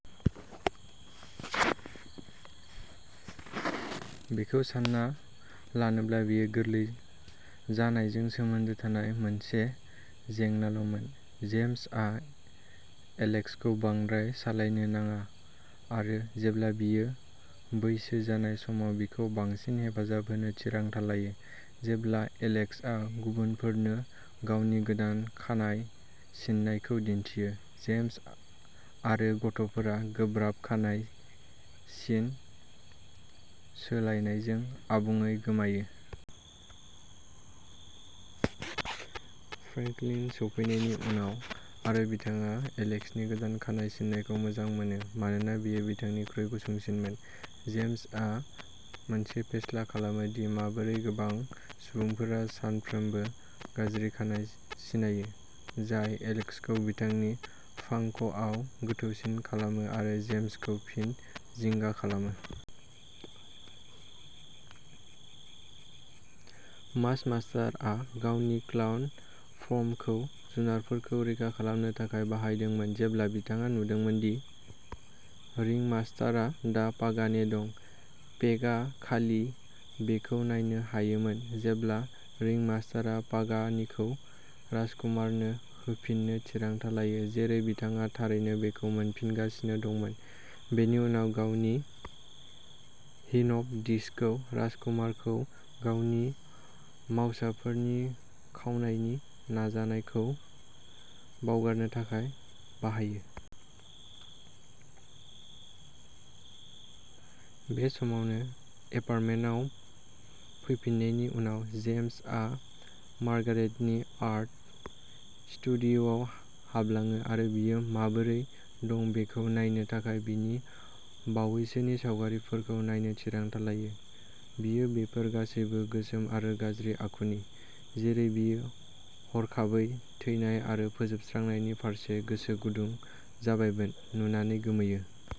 बेखौ सानना लानोब्ला बेयो गोरलै जानायजों सोमोन्दो थानाय मोनसे जेंनाल'मोन। जेम्स आ एलेक्स खौ बांद्राय सालायनो नाङा आरो जेब्ला बियो बैसो जानाय समाव बिखौ बांसिन हेफाजाब होनो थिरांथा लायो। जेब्ला एलेक्स आ गुबुनफोरनो गावनि गोदान खानाय सिननायखौ दिन्थियो, जेम्स आरो गथ'फोरा गोब्राब खानाय सिन सोलायनायजों आबुङै गोमोयो। फ्रेंकलिन सौफैनायनि उनाव आरो बिथाङा एलेक्स नि गोदान खानाय सिननायखौ मोजां मोनो मानोना बेयो बिथांनिख्रुइ गुसुंसिनमोन, जेम्स आ मोनसे फेस्ला खालामो दि माबोरै गोबां सुबुंफोरा सानफ्रोमबो गाज्रि खानाय सिनायो, जाय एलेक्स खौ बिथांनि फांकआव गोथौसिन खालामो आरो जेम्स खौ फिन जिंगा खालामो। मास मास्टार आ गावनि क्लाउड फर्मखौ जुनारफोरखौ रैखा खालामनो थाखाय बाहायदोंमोन जेब्ला बिथाङा नुदोंमोन दि रिंमास्टारहा दा पागानि दं। पेकआ खालि बेखौ नायनो हायोमोन जेब्ला रिंमास्टारआ पागानिखौ राजकुमारनो होफिननो थिरांथा लायो, जेरै बिथाङा थारैनो बेखौ मोनफिनगासिनो दंमोन, बेनि उनाव गावनि हिप्न' डिस्कखौ राजकुमारखौ गावनि मावसाफोरनि खावनायनि नाजानायखौ बावगारनो थाखाय बाहायो। बे समावनो, एपार्टमेन्टआव फैफिन्नायनि उनाव, जेम्स आ मार्ग्रेट नि आर्ट स्टुडिय'आव हाबलाङो आरो बियो माबोरै दं बेखौ नायनो थाखाय बिनि बावैसोनि सावगारिफोरखौ नायनो थिरांथा लायो। बियो बेफोर गासैबो गोसोम आरो गाज्रि आखुनि, जेरै बियो हरखाबै थैनाय आरो फोजोबस्रांनायनि फारसे गोसो गुदुं जाबायमोन, नुनानै गोमोयो।